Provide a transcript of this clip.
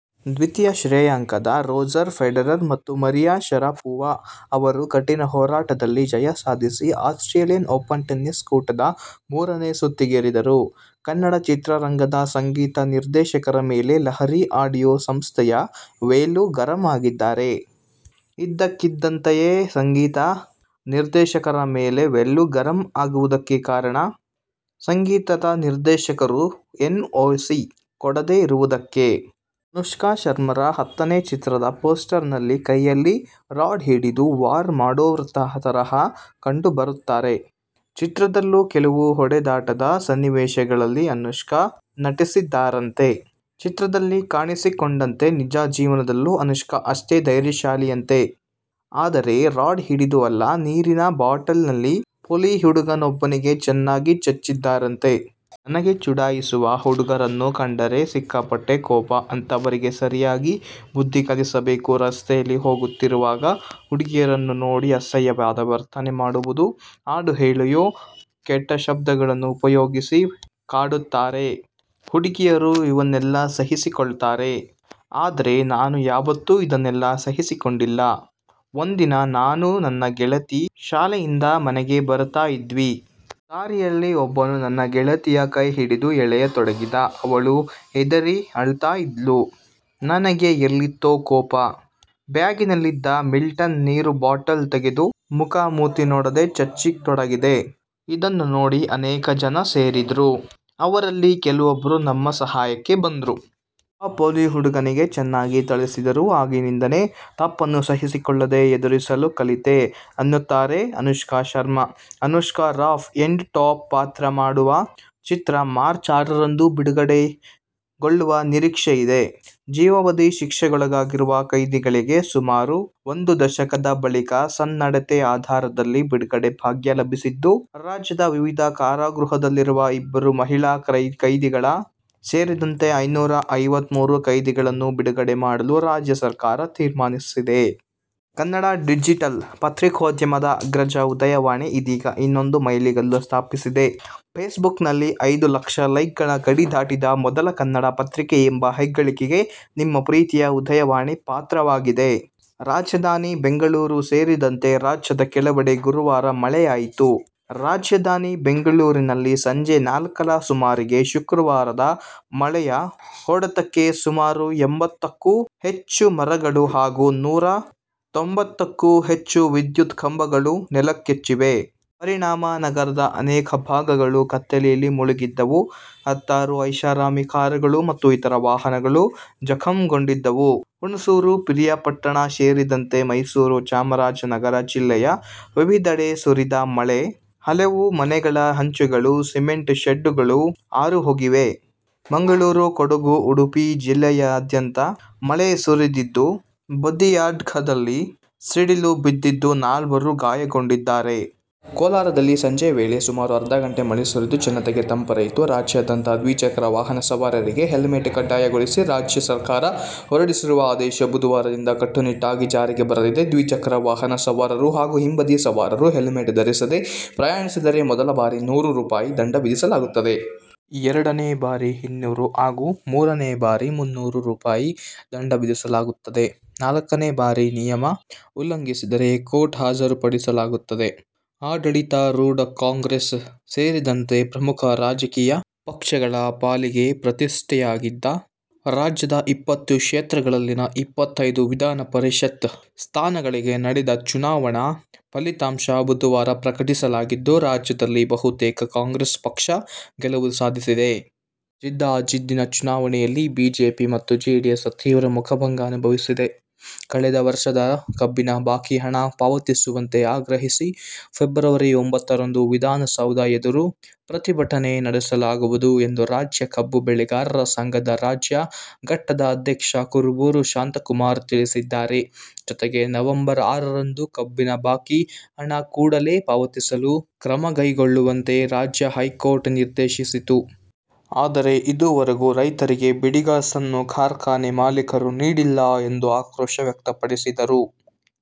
ದ್ವಿತೀಯ ಶ್ರೇಯಾಂಕದ Roger Federer ಮತ್ತು ಮರಿಯಾ ಶರಪೋವಾ ಅವರು ಕಠಿಣ ಹೋರಾಟದಲ್ಲಿ ಜಯ ಸಾಧಿಸಿ ಆಸ್ಟ್ರೇಲಿಯನ್ ಓಪನ್ ಟೆನ್ನಿಸ್ ಕೂಟದ ಮೂರನೇ ಸುತ್ತಿಗೇರಿದರು. ಕನ್ನಡ ಚಿತ್ರರಂಗದ ಸಂಗೀತ ನಿರ್ದೇಶಕರ ಮೇಲೆ ಲಹರಿ ಆಡಿಯೋ ಸಂಸ್ಥೆಯ ವೇಲು ಗರಂ ಆಗಿದ್ದಾರೆ. ಇದ್ದಕ್ಕಿದ್ದಂತೆಯೇ ಸಂಗೀತ ನಿರ್ದೇಶಕರ ಮೇಲೆ ವೇಲು ಗರಂ ಆಗಲು ಕಾರಣ, ಸಂಗೀತ ನಿರ್ದೇಶಕರು ಎನ್ಓಸಿ ಕೊಡದೇ ಇರುವುದಕ್ಕೆ. ಅನುಷ್ಕಾ ಶರ್ಮಾರ ಹತ್ತನೇ ಚಿತ್ರದ ಪೋಸ್ಟರ್ ನಲ್ಲಿ ಕೈಯಲ್ಲಿ ರಾಡ್ ಹಿಡಿದು ವಾರ್ ಮಾಡೋವ್ರ ತರಹ ಕಂಡು ಬರ್ತಾರೆ. ಚಿತ್ರದಲ್ಲೂ ಕೆಲವು ಹೊಡೆದಾಟದ ಸನ್ನಿವೇಶಗಳಲ್ಲಿ ಅನುಷ್ಕಾ ನಟಿಸಿದ್ದಾರಂತೆ. ಚಿತ್ರದಲ್ಲಿ ಕಾಣಿಸಿಕೊಂಡಂತೆ ನಿಜ ಜೀವನದಲ್ಲೂ ಅನುಷ್ಕಾ ಅಷ್ಟೇ ಧೈರ್ಯಶಾಲಿಯಂತೆ. ಆದರೆ ರಾಡ್ ಹಿಡಿದು ಅಲ್ಲ, ನೀರಿನ ಬಾಟಲ್ ನಲ್ಲಿ ಪೋಲಿ ಹುಡುಗನಿಗೊಬ್ಬನಿಗೆ ಚೆನ್ನಾಗಿ ಚಚ್ಚಿದ್ದರಂತೆ. ನನಗೆ ಚುಡಾಯಿಸುವ ಹುಡುಗರನ್ನು ಕಂಡರೆ ಸಿಕ್ಕಾಪಟ್ಟೆ ಕೋಪ. ಅಂಥವರಿಗೆ ಸರಿಯಾಗಿ ಬುದ್ಧಿ ಕಲಿಸಬೇಕು. ರಸ್ತೆಯಲ್ಲಿ ಹೋಗುತ್ತಿರುವ ಹುಡುಗಿಯರನ್ನು ನೋಡಿ ಅಸಹ್ಯವಾದ ವರ್ತನೆ ಮಾಡುವುದು, ಹಾಡು ಹೇಳಿಯೋ, ಕೆಟ್ಟ ಶಬ್ದಗಳನ್ನು ಉಪಯೋಗಿಸಿ ಕಾಡುತ್ತಾರೆ. ಹುಡುಗಿಯರೋ ಇವನ್ನೆಲ್ಲ ಸಹಿಸಿಕೊಳ್ತಾರೆ. ಆದ್ರೆ ನಾನು ಯಾವತ್ತೂ ಇದನ್ನೆಲ್ಲ ಸಹಿಸಿಕೊಂಡಿಲ್ಲ. ಒಂದಿನ ನಾನು, ನನ್ನ ಗೆಳತಿ ಶಾಲೆಯಿಂದ ಮನೆಗೆ ಬರ್ತಾ ಇದ್ವಿ. ದಾರಿಯಲ್ಲಿ ಒಬ್ಬನು ನನ್ನ ಗೆಳತಿಯ ಕೈ ಹಿಡಿದು ಎಳೆಯ ತೊಡಗಿದ. ಅವಳು ಹೆದರಿ ಅಳ್ತಾ ಇದ್ಲು. ನನಗೆ ಎಲ್ಲಿತ್ತೊ ಕೋಪ, ಬ್ಯಾಗಿನಲ್ಲಿದ್ದ ಮಿಲ್ಟನ್ ನೀರು ಬಾಟಲ್ ತೆಗೆದು ಮುಖ ಮೂತಿ ನೋಡದೆ ಚಚ್ಚತೊಡಗಿದೆ. ಇದನ್ನು ನೋಡಿ ಅನೇಕ ಜನ ಸೇರಿದ್ರು. ಅವರಲ್ಲಿ ಕೆಲವೊಬ್ಬರು ನಮ್ಮ ಸಹಾಯಕ್ಕೆ ಬಂದ್ರು. ಆ ಪೋಲಿ ಹುಡುಗನಿಗೆ ಚೆನ್ನಾಗಿ ಥಳಿಸಿದರು. ಆಗಿನಿಂದನೇ ತಪ್ಪನ್ನು ಸಹಿಸಿಕೊಳ್ಳದೆ ಎದುರಿಸಲು ಕಲಿತೆ ಎನ್ನುತ್ತಾರೆ Anushka Sharma. Anushka rough and tough ಪಾತ್ರ ಮಾಡಿರುವ ಚಿತ್ರ ಮಾರ್ಚ್ ಆರರಂದು ಬಿಡುಗಡೆಗೊಳ್ಳುವ ನಿರೀಕ್ಷೆಯಿದೆ. ಜೀವಾವಧಿ ಶಿಕ್ಷೆಗೊಳಗಾಗಿರುವ ಕೈದಿಗಳಿಗೆ ಸುಮಾರು ಒಂದು ದಶಕದ ಬಳಿಕ ಸನ್ನಡತೆ ಆಧಾರದಲ್ಲಿ ಬಿಡುಗಡೆ ಭಾಗ್ಯ ಲಭಿಸಿದ್ದು, ರಾಜ್ಯದ ವಿವಿಧ ಕಾರಾಗೃಹಗಳಲ್ಲಿರುವ ಇಬ್ಬರು ಮಹಿಳಾ ಕೈದಿಗಳು ಸೇರಿದಂತೆ ಇನ್ನೂರ ಐವತ್ಮೂರು ಕೈದಿಗಳನ್ನು ಬಿಡುಗಡೆ ಮಾಡಲು ರಾಜ್ಯ ಸರ್ಕಾರ ತೀರ್ಮಾನಿಸಿದೆ. ಕನ್ನಡ ಡಿಜಿಟಲ್ ಪತ್ರಿಕೋದ್ಯಮದ ಅಗ್ರಜ "ಉದಯವಾಣಿ' ಇದೀಗ ಇನ್ನೊಂದು ಮೈಲಿಗಲ್ಲು ಸ್ಥಾಪಿಸಿದೆ. ಫೇಸ್ಬುಕ್ನಲ್ಲಿ ಐದು ಲಕ್ಷ ಲೈಕ್ಗಳ ಗಡಿ ದಾಟಿದ ಮೊದಲ ಕನ್ನಡ ಪತ್ರಿಕೆ ಎಂಬ ಹೆಗ್ಗಳಿಕೆಗೆ ನಿಮ್ಮ ಪ್ರಿತಿಯ "ಉದಯವಾಣಿ ಪಾತ್ರವಾಗಿದೆ. ರಾಜಧಾನಿ ಬೆಂಗಳೂರು ಸೇರಿದಂತೆ ರಾಜ್ಯದ ಕೆಲವೆಡೆ ಗುರುವಾರವೂ ಮಳೆಯಾಯಿತು. ರಾಜಧಾನಿ ಬೆಂಗಳೂರಿನಲ್ಲಿ ಸಂಜೆ ನಾಲ್ಕರ ಸುಮಾರಿಗೆ ಶುರುವಾದ ಮಳೆಯ ಹೊಡೆತಕ್ಕೆ ಸುಮಾರು ಎಂಬತ್ತಕ್ಕೂ ಹೆಚ್ಚು ಮರಗಳು ಹಾಗೂ ನೂರ ತೊಂಬತ್ತಕ್ಕೂ ಹೆಚ್ಚು ವಿದ್ಯುತ್ ಕಂಬಗಳು ನೆಲಕಚ್ಚಿವೆ. ಪರಿಣಾಮ ನಗರದ ಅನೇಕ ಭಾಗಗಳು ಕತ್ತಲೆಯಲ್ಲಿ ಮುಳುಗಿದವು. ಹತ್ತಾರು ಐಷಾರಾಮಿ ಕಾರುಗಳು ಮತ್ತು ಇತರ ವಾಹನಗಳು ಜಖಂಗೊಂಡಿವೆ. ಹುಣಸೂರು, ಪಿರಿಯಾಪಟ್ಟಣ ಸೇರಿದಂತೆ ಮೈಸೂರು, ಚಾಮರಾಜನಗರ ಜಿಲ್ಲೆಯ ವಿವಿಧೆಡೆ ಸುರಿದ ಮಳೆಗೆ ಹಲವು ಮನೆಗಳ ಹಂಚುಗಳು, ಸಿಮೆಂಟ್ ಶೀಟ್ಗಳು ಹಾರಿಹೋಗಿವೆ. ಮಂಗಳೂರು, ಕೊಡಗು ಉಡುಪಿ ಜಿಲ್ಲೆಯಾದ್ಯಂತ ಮಳೆ ಸುರಿದಿದ್ದು, ಬದಿಯಡ್ಕದಲ್ಲಿ ಸಿಡಿಲು ಬಡಿದು ನಾಲ್ವರು ಗಾಯಗೊಂಡಿದ್ದಾರೆ. ಕೋಲಾರದಲ್ಲಿ ಸಂಜೆಯ ವೇಳೆ ಸುಮಾರು ಅರ್ಧ ಗಂಟೆ ಮಳೆ ಸುರಿದು, ಜನತೆಗೆ ತಂಪರೆಯಿತು. ರಾಜ್ಯಾದ್ಯಂತ ದ್ವಿಚಕ್ರ ವಾಹನ ಸವಾರರಿಗೆ ಹೆಲ್ಮೆಟ್ ಕಡ್ಡಾಯಗೊಳಿಸಿ ರಾಜ್ಯ ಸರ್ಕಾರ ಹೊರಡಿಸಿರುವ ಆದೇಶ ಬುಧವಾರದಿಂದ ಕಟ್ಟುನಿಟ್ಟಾಗಿ ಜಾರಿಗೆ ಬರಲಿದೆ. ದ್ವಿಚಕ್ರ ವಾಹನದ ಸವಾರರು ಹಾಗೂ ಹಿಂಬದಿ ಸವಾರರು ಹೆಲ್ಮೆಟ್ ಧರಿಸದೆ ಪ್ರಯಾಣಿಸಿದರೆ ಮೊದಲ ಬಾರಿ ನೂರು ರೂಪಾಯಿ ದಂಡ ವಿಧಿಸಲಾಗುತ್ತದೆ. ಎರಡನೇ ಬಾರಿ ಇನ್ನೂರು ಹಾಗೂ ಮೂರನೇ ಬಾರಿ ಮುನ್ನೂರು ರೂಪಾಯಿ ದಂಡ ವಿಧಿಸಲಾಗುತ್ತದೆ. ನಾಲ್ಕನೇ ಬಾರಿ ನಿಯಮ ಉಲ್ಲಂಘಿಸಿದರೆ ಕೋರ್ಟ್ಗೆ ಹಾಜರುಪಡಿಸಲಾಗುತ್ತದೆ. ಆಡಳಿತಾರೂಢ ಕಾಂಗ್ರೆಸ್ ಸೇರಿದಂತೆ ಪ್ರಮುಖ ರಾಜಕೀಯ ಪಕ್ಷಗಳ ಪಾಲಿಗೆ ಪ್ರತಿಷ್ಠೆಯಾಗಿದ್ದ ರಾಜ್ಯದ ಇಪ್ಪತ್ತು ಕ್ಷೇತ್ರಗಳಲ್ಲಿನ ಇಪ್ಪತ್ತೈದು ವಿಧಾನಪರಿಷತ್ ಸ್ಥಾನಗಳಿಗೆ ನಡೆದ ಚುನಾವಣಾ ಫಲಿತಾಂಶ ಬುಧವಾರ ಪ್ರಕಟವಾಗಿದ್ದು, ರಾಜ್ಯದಲ್ಲಿ ಬಹುತೇಕ ಕಾಂಗ್ರೆಸ್ ಪಕ್ಷ ಗೆಲುವು ಸಾಧಿಸಿದೆ. ಜಿದ್ದಾಜಿದ್ದಿನ ಚುನಾವಣೆಯಲ್ಲಿ ಬಿಜೆಪಿ ಮತ್ತು ಜೆಡಿಎಸ್ ತೀವ್ರ ಮುಖಭಂಗ ಅನುಭವಿಸಿದೆ. ಕಳೆದ ವರ್ಷದ ಕಬ್ಬಿನ ಬಾಕಿ ಹಣ ಪಾವತಿಸುವಂತೆ ಆಗ್ರಹಿಸಿ ಫೆಬ್ರವರಿ ಒಂಬತ್ತರಂದು ವಿಧಾನಸೌಧ ಎದುರು ಪ್ರತಿಭಟನೆ ನಡೆಸಲಾಗುವುದು ಎಂದು ರಾಜ್ಯ ಕಬ್ಬು ಬೆಳೆಗಾರರ ಸಂಘದ ರಾಜ್ಯ ಘಟಕದ ಅಧ್ಯಕ್ಷ ಕುರುಬೂರು ಶಾಂತಕುಮಾರ್ ತಿಳಿಸಿದ್ದಾರೆ. ಜತೆಗೆ ನವಂಬರ್ ಆರರಂದು ಕಬ್ಬು ಬಾಕಿ ಹಣ ಕೂಡಲೇ ಪಾವತಿಸಲು ಕ್ರಮಕೈಗೊಳ್ಳುವಂತೆ ರಾಜ್ಯ ಹೈಕೋರ್ಟ್ ಆದೇಶಿಸಿತ್ತು. ಆದರೆ ಇದುವರೆಗೂ ರೈತರಿಗೆ ಬಿಡಿಗಾಸನ್ನೂ ಕಾರ್ಖಾನೆ ಮಾಲೀಕರು ನೀಡಿಲ್ಲ ಎಂದು ಆಕ್ರೋಶ ವ್ಯಕ್ತಪಡಿಸಿದರು.